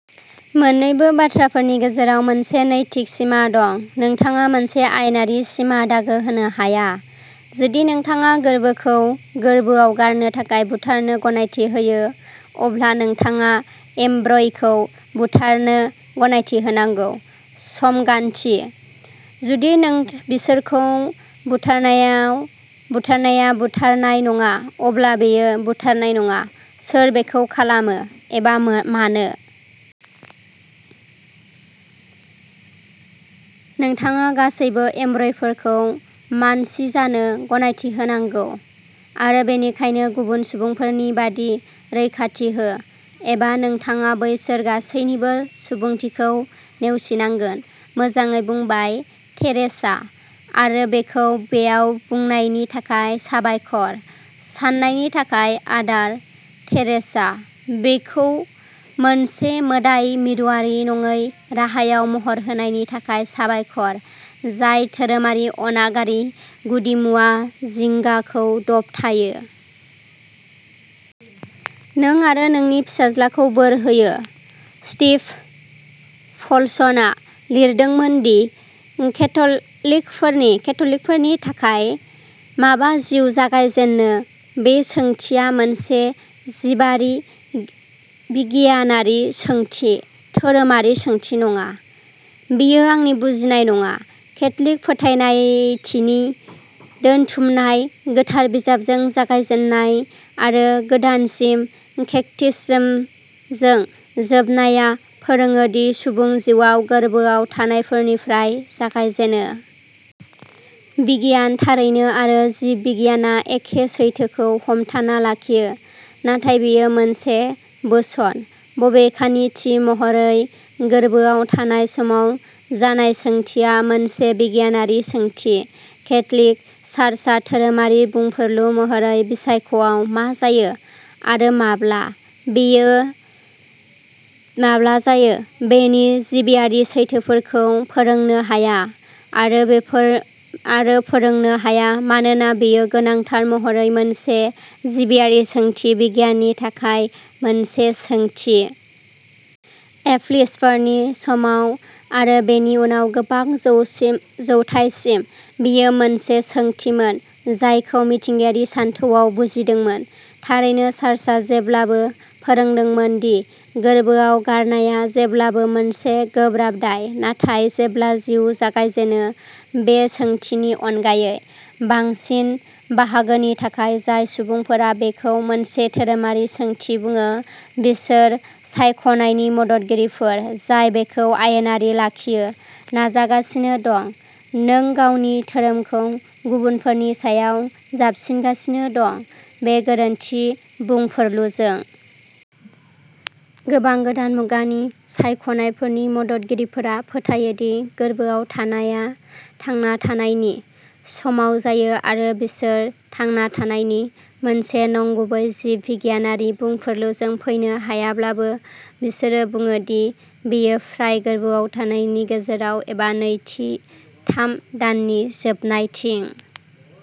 मोन्नैबो बाथ्राफोरनि गेजेराव मोनसे नैतिक सिमा दं, नोंथाङा मोनसे आयेनारि सिमा दागो होनो हाया। जुदि नोंथाङा गोर्बोखौ गोर्बोआव गारनो थाखाय बुथारनो गनायथि होयो, अब्ला नोंथाङा एम्ब्रय'खौ बुथारनो गनायथि होनांगौ, समगान्थि। जुदि बिसोरखौ बुथारनाया बुथारनाय नङा, अब्ला बेयो बुथारनाय नङा, सोर बेखौ खालामो एबा मानो। नोंथाङा गासैबो एम्ब्रय'फोरखौ मानसि जानो गनायथि होनांगौ, आरो बेनिखायनो गुबुन सुबुंफोरनि बायदि रैखाथि हो, एबा नोंथाङा बैसोर गासैबोनि सुबुंथिखौ नेवसिनांगोन। मोजाङै बुंबाय, टेरेसा, आरो बेखौ बेयाव बुंनायनि थाखाय साबायखर! साननायनि थाखाय आदार, टेरेसा; बेखौ मोनसे मोदाय-मिरुआरि नङै राहायाव महर होनायनि थाखाय साबायखर, जाय धोरोमारि अनागारि गुदिमुवा जिंगाखौ दबथायो। नों आरो नोंनि फिसाज्लाखौ बोर होयो। स्टिभ पलसनआ लिरदों दि, केथ'लिकफोरनि थाखाय, माब्ला जिउ जागायजेनो बे सोंथिया मोनसे जिबारि िगियानारि सोंथि, धोरोमारि सोंथि नङा। बेयो आंनि बुजिनाय नङा। केथ'लिक फोथायथिनि दोनथुमनाय, गोथार बिजाबजों जागायजेन्नाय आरो गोदानसिन केटेकिज्मजों जोबनाया, फोरोङो दि सुबुं जिउआ गोर्बोआव थानायनिफ्राय जागायो। बिगियान थारैनो, आरो जिब बिगियानआ एखे सैथोखौ हमथाना लाखियो, नाथाय बेयो मोनसे बोनास। बबेखानि, थि महरै गोर्बोआव थानाय समाव जानाय सोंथिया मोनसे बिगियानारि सोंथि। केथ'लिक चार्चआ धोरोमारि बुंफुरलु महरै फिसाख'आव मा जायो आरो माब्ला जायो बेनि जिबारि सैथोफोरखौ फोरोंनो हाया आरो फोरोंनो हाया, मानोना बेयो गोनांथार महरै मोनसे जिबारि सोंथि, बिगियाननि थाखाय मोनसे सोंथि। एप'स्लिसफोरनि समाव आरो बेनि उनाव गोबां जौथायसिम बेयो मोनसे सोंथिमोन जायखौ मिथिंगायारि सानथौआ बुजिदोंमोन। थारैनो चार्चआ जेब्लाबो फोरोंदोंमोन दि गोर्बोआव गारनाया जेब्लाबो मोनसे गोब्राब दाय, नाथाय जेब्ला जिउ जागायजेनो बे सोंथिनि अनगायै।। बांसिन बाहागोनि थाखाय, जाय सुबुंफोरा बेखौ मोनसे धोरोमारि सोंथि बुङो बिसोर सायख'नायनि मददगिरिफोर जाय बेखौ आयेनारि लाखिनो नाजागासिनो दं "नों गावनि धोरोमखौ गुबुनफोरनि सायाव जाबसिनगासिनो दं" बे गोरोन्थि बुंफुरलुजों। गोबां गोदान मुगानि सायख'नायफोरनि मददगिरिफोरा फोथायो दि गोर्बोआव थानायआ "थांना थानायनि" समाव जायो आरो बिसोर "थांना थानायनि" मोनसे नंगुबै जिब बिगियानारि बुंफुरलुजों फैनो हायाब्लाबो बिसोरो बुङो दि बेयो फ्राय गोर्बोआव थानायनि गेजेराव एबा नैथि थाम दाननि जोबनायथिं।